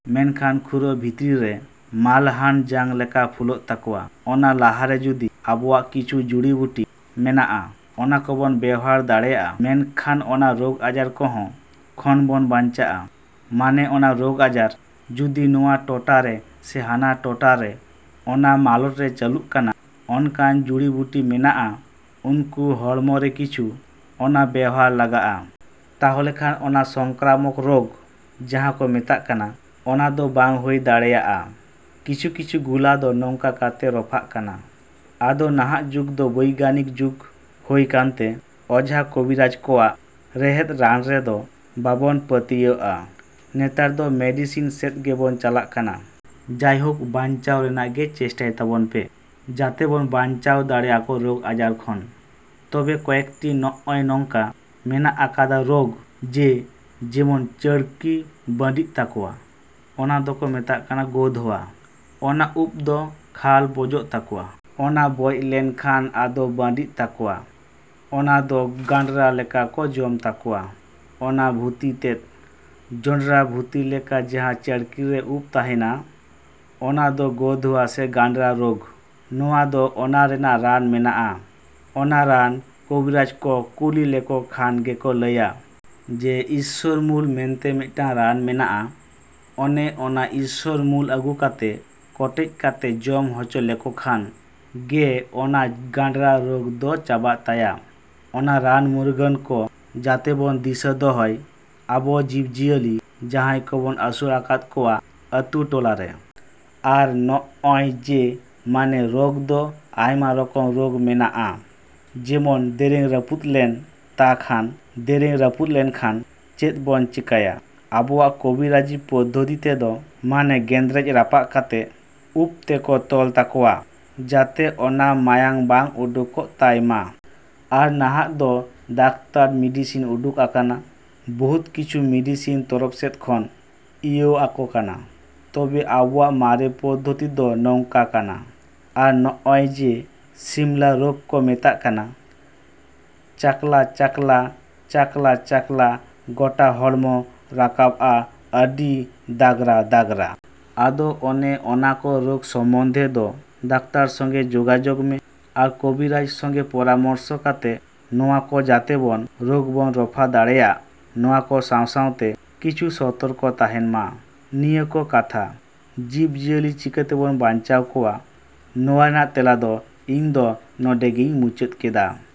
ᱢᱮᱱᱠᱷᱟᱱ ᱠᱷᱩᱨᱟᱹ ᱵᱷᱤᱛᱨᱤ ᱨᱮ ᱢᱟᱞᱦᱟᱱ ᱡᱟᱝ ᱞᱮᱠᱟ ᱯᱷᱩᱞᱟᱹᱜ ᱛᱟᱠᱚᱣᱟ᱾ ᱚᱱᱟ ᱞᱟᱦᱟ ᱨᱮ ᱡᱩᱫᱤ ᱟᱵᱚᱣᱟᱜ ᱠᱤᱪᱷᱩ ᱡᱩᱲᱤ ᱵᱩᱴᱤ ᱢᱮᱱᱟᱜᱼᱟ ᱚᱱᱟ ᱠᱚᱵᱚᱱ ᱵᱮᱣᱦᱟᱨ ᱫᱟᱲᱮᱭᱟᱜᱼᱟ ᱢᱮᱱᱠᱷᱟᱱ ᱚᱱᱟ ᱨᱳᱜᱽ ᱟᱡᱟᱨ ᱠᱚᱦᱚᱸ ᱠᱷᱚᱱ ᱵᱚᱱ ᱵᱟᱧᱪᱟᱜᱼᱟ᱾ ᱢᱟᱱᱮ ᱚᱱᱟ ᱨᱳᱜᱽ ᱟᱡᱟᱨ ᱡᱩᱫᱤ ᱱᱚᱣᱟ ᱴᱚᱴᱟ ᱨᱮ ᱥᱮ ᱦᱟᱱᱟ ᱴᱚᱴᱟ ᱨᱮ ᱚᱱᱟ ᱢᱟᱞᱚᱴ ᱨᱮ ᱪᱟᱹᱞᱩᱜ ᱠᱟᱱᱟ ᱚᱱᱠᱟᱱ ᱡᱩᱲᱤᱵᱩᱴᱤ ᱢᱮᱱᱟᱜᱼᱟ ᱩᱱᱠᱩ ᱦᱚᱲᱢᱚ ᱨᱮ ᱠᱤᱪᱷᱩ ᱚᱱᱟ ᱵᱮᱣᱦᱟᱨ ᱞᱟᱜᱟᱜᱼᱟ᱾ ᱛᱟᱦᱚᱞᱮ ᱠᱷᱟᱱ ᱚᱱᱟ ᱥᱚᱝᱠᱨᱟᱢᱚᱠ ᱨᱳᱜᱽ ᱡᱟᱦᱟᱸ ᱠᱚ ᱢᱮᱛᱟᱜ ᱠᱟᱱᱟ, ᱚᱱᱟ ᱫᱚ ᱵᱟᱝ ᱦᱩᱭ ᱫᱟᱲᱮᱭᱟᱜᱼᱟ᱾ ᱠᱤᱪᱷᱩ ᱠᱤᱪᱷᱩ ᱜᱩᱞᱟ ᱫᱚ ᱱᱚᱝᱠᱟ ᱠᱟᱛᱮ ᱨᱚᱯᱷᱟᱜ ᱠᱟᱱᱟ᱾ ᱟᱫᱚ ᱱᱟᱦᱟᱜ ᱡᱩᱜᱽ ᱫᱚ ᱵᱳᱭᱜᱟᱱᱤᱠ ᱡᱩᱜᱽ ᱦᱩᱭᱟᱠᱟᱱᱛᱮ ᱚᱡᱷᱟ ᱠᱚᱵᱤᱨᱟᱡ ᱠᱚᱣᱟᱜ ᱨᱮᱦᱮᱫ ᱨᱟᱱ ᱨᱮᱫᱚ ᱵᱟᱵᱚᱱ ᱯᱟᱹᱛᱭᱟᱹᱜᱼᱟ, ᱱᱮᱛᱟᱨ ᱫᱚ ᱢᱤᱰᱤᱥᱤᱱ ᱥᱮᱫ ᱜᱮᱵᱚᱱ ᱪᱟᱞᱟᱜ ᱠᱟᱱᱟ᱾ ᱡᱟᱭᱦᱳᱠ ᱵᱟᱧᱪᱟᱣ ᱨᱮᱱᱟᱜ ᱜᱮ ᱪᱮᱥᱴᱟᱭ ᱛᱟᱵᱚᱱ ᱯᱮ, ᱡᱟᱛᱮ ᱵᱚᱱ ᱵᱟᱧᱪᱟᱣ ᱫᱟᱲᱮᱭᱟᱠᱚ ᱨᱳᱜᱽ ᱟᱡᱟᱨ ᱠᱷᱚᱱ᱾ ᱛᱚᱵᱮ ᱠᱚᱭᱮᱠᱴᱤ ᱱᱚᱜᱼᱚ ᱱᱚᱝᱠᱟ ᱢᱮᱱᱟᱜ ᱟᱠᱟᱫᱟ ᱨᱳᱜᱽ᱾ ᱡᱮ ᱡᱮᱢᱚᱱ ᱪᱟᱺᱲᱠᱤ ᱵᱟᱺᱰᱤᱜ ᱛᱟᱠᱚᱣᱟ᱾ ᱚᱱᱟ ᱫᱚᱠᱚ ᱢᱮᱛᱟᱜ ᱠᱟᱱᱟ ᱜᱳᱫᱷᱳᱭᱟ᱾ ᱚᱱᱟ ᱩᱯ ᱫᱚ ᱠᱷᱟᱞ ᱵᱚᱡᱚᱜ ᱛᱟᱠᱚᱣᱟ᱾ ᱚᱱᱟ ᱵᱚᱡ ᱞᱮᱱ ᱠᱷᱟᱱ ᱟᱫᱚ ᱵᱟᱺᱰᱤᱜ ᱛᱟᱠᱚᱣᱟ᱾ ᱚᱱᱟ ᱫᱚ ᱜᱟᱸᱰᱨᱟ ᱞᱮᱠᱟ ᱠᱚ ᱡᱚᱢ ᱛᱟᱠᱚᱣᱟ ᱚᱱᱟ ᱵᱷᱩᱛᱤ ᱛᱮᱫ᱾ ᱡᱚᱸᱰᱨᱟ ᱵᱷᱩᱛᱤ ᱞᱮᱠᱟ ᱡᱟᱦᱟᱸ ᱪᱟᱺᱲᱠᱤᱞ ᱨᱮ ᱩᱯ ᱛᱟᱦᱮᱱᱟ, ᱚᱱᱟ ᱫᱚ ᱜᱳᱫᱷᱳᱭᱟ ᱥᱮ ᱜᱟᱸᱰᱨᱟ ᱨᱳᱜᱽ᱾ ᱱᱚᱣᱟ ᱫᱚ ᱚᱱᱟ ᱨᱮᱱᱟᱜ ᱨᱟᱱ ᱢᱮᱱᱟᱜᱼᱟ, ᱚᱱᱟ ᱨᱟᱱ ᱠᱩᱵᱨᱟᱹᱡ ᱠᱚ ᱠᱩᱞᱤ ᱞᱮᱠᱚ ᱠᱷᱟᱱ ᱜᱮᱠᱚ ᱞᱟᱹᱭᱟ᱾ ᱡᱮ ᱤᱥᱥᱚᱨᱢᱩᱞ ᱢᱮᱱᱛᱮ ᱢᱤᱫᱴᱮᱱ ᱨᱟᱱ ᱢᱮᱱᱟᱜᱼᱟ ᱚᱱᱮ ᱚᱱᱟ ᱤᱥᱥᱚᱨ ᱢᱩᱞ ᱟᱹᱜᱩ ᱠᱟᱛᱮ ᱠᱚᱴᱮᱡ ᱠᱟᱛᱮ ᱡᱚᱢ ᱦᱚᱪᱚ ᱞᱮᱠᱚ ᱠᱷᱟᱱ ᱜᱮ ᱚᱱᱟ ᱜᱟᱸᱰᱨᱟ ᱨᱳᱜᱽ ᱫᱚ ᱪᱟᱵᱟᱜ ᱛᱟᱭᱟ᱾ ᱚᱱᱟ ᱨᱟᱱ ᱢᱩᱨᱜᱟᱹᱱ ᱠᱚ ᱡᱟᱛᱮ ᱵᱚᱱ ᱫᱤᱥᱟᱹ ᱫᱚᱦᱚᱭ ᱟᱵᱚ ᱡᱤᱵᱽᱼᱡᱤᱭᱟᱹᱞᱤ ᱡᱟᱦᱟᱸᱭ ᱠᱚᱵᱚᱱ ᱟᱹᱥᱩᱞᱟᱠᱟᱫ ᱠᱚᱣᱟ ᱟᱹᱛᱩ, ᱴᱚᱞᱟ ᱨᱮ᱾ ᱟᱨ ᱱᱚᱜᱼᱚᱭ ᱡᱮ ᱢᱟᱱᱮ ᱨᱳᱜᱽ ᱫᱚ ᱟᱭᱢᱟ ᱨᱚᱠᱚᱢ ᱨᱳᱜᱽ ᱢᱮᱱᱟᱜᱼᱟ᱾ ᱡᱮᱢᱚᱱ ᱫᱮᱨᱮᱧ ᱨᱟᱹᱯᱩᱫ ᱞᱮᱱ ᱛᱟ ᱠᱷᱟᱱ, ᱫᱮᱨᱮᱧ ᱨᱟᱹᱯᱩᱫ ᱞᱮᱱ ᱠᱷᱟᱱ ᱪᱮᱫ ᱵᱚᱱ ᱪᱤᱠᱟᱹᱭᱟ? ᱟᱵᱚᱣᱟᱜ ᱠᱚᱵᱤᱨᱟᱹᱡᱤ ᱯᱚᱫᱽᱫᱷᱚᱛᱤ ᱛᱮᱫᱚ ᱢᱟᱱᱮ ᱜᱮᱸᱫᱽᱨᱮᱡ ᱨᱟᱯᱟᱜ ᱠᱟᱛᱮ ᱩᱯ ᱛᱮᱠᱚ ᱛᱚᱞ ᱛᱟᱠᱚᱣᱟ ᱡᱟᱛᱮ ᱚᱱᱟ ᱢᱟᱭᱟᱢ ᱵᱟᱝ ᱩᱰᱩᱠᱚᱜ ᱛᱟᱭ ᱢᱟ᱾ ᱟᱨ ᱱᱟᱦᱟᱜ ᱫᱚ ᱰᱟᱠᱛᱟᱨ ᱢᱤᱰᱤᱥᱤᱱ ᱩᱰᱩᱠ ᱟᱠᱟᱱᱟ, ᱵᱚᱦᱩᱛ ᱠᱤᱪᱷᱩ ᱢᱤᱰᱤᱥᱤᱱ ᱛᱚᱨᱚᱯ ᱥᱮᱫ ᱠᱷᱚᱱ ᱤᱭᱟᱹᱣᱟᱠᱚ ᱠᱟᱱᱟ᱾ ᱛᱚᱵᱮ ᱟᱵᱚᱣᱟᱜ ᱢᱟᱨᱮ ᱯᱚᱫᱽᱫᱷᱚᱛᱤ ᱫᱚ ᱱᱚᱝᱠᱟ ᱠᱟᱱᱟ᱾ ᱟᱨ ᱱᱚᱜᱼᱚᱭ ᱡᱮ ᱥᱤᱢᱞᱟ ᱨᱳᱜᱽ ᱠᱚ ᱢᱮᱛᱟᱜ ᱠᱟᱱᱟ, ᱪᱟᱠᱞᱟ, ᱪᱟᱠᱞᱟ, ᱪᱟᱠᱞᱟ, ᱪᱟᱠᱞᱟ ᱜᱚᱴᱟ ᱦᱚᱲᱢᱚ ᱨᱟᱠᱟᱵᱼᱟ ᱟᱹᱰᱤ ᱫᱟᱜᱽᱨᱟ ᱫᱟᱜᱽᱨᱟ᱾ ᱟᱫᱚ ᱚᱱᱮ ᱚᱱᱟ ᱠᱚ ᱨᱳᱜᱽ ᱥᱚᱢᱵᱚᱱᱫᱷᱮ ᱫᱚ ᱰᱟᱠᱛᱟᱨ ᱥᱚᱸᱜᱮ ᱡᱳᱜᱟᱡᱳᱜᱽ ᱢᱮ ᱟᱨ ᱠᱚᱵᱤᱨᱟᱹᱡ ᱥᱚᱸᱜᱮ ᱯᱚᱨᱟᱢᱚᱨᱥᱚ ᱠᱟᱛᱮ ᱱᱚᱣᱟ ᱠᱚ ᱡᱟᱛᱮ ᱵᱚᱱ ᱨᱳᱜᱽ ᱵᱚᱱ ᱨᱚᱯᱷᱟ ᱫᱟᱲᱮᱭᱟᱜ ᱱᱚᱣᱟ ᱠᱚ ᱥᱟᱶ ᱥᱟᱶᱛᱮ ᱠᱤᱪᱷᱩ ᱥᱚᱛᱚᱨᱠᱚ ᱛᱟᱦᱮᱱᱢᱟ, ᱱᱤᱭᱟᱹ ᱠᱚ ᱠᱟᱛᱷᱟ ᱡᱤᱵᱽᱼᱡᱤᱭᱟᱹᱞᱤ ᱪᱤᱠᱟᱹᱛᱮᱵᱚᱱ ᱵᱟᱧᱪᱟᱣ ᱠᱚᱣᱟ ᱱᱚᱣᱟ ᱨᱮᱱᱟᱜ ᱛᱮᱞᱟ ᱫᱚ ᱤᱧ ᱫᱚ ᱱᱚᱰᱮ ᱜᱤᱧ ᱢᱩᱪᱟᱹᱫ ᱠᱮᱫᱟ᱾।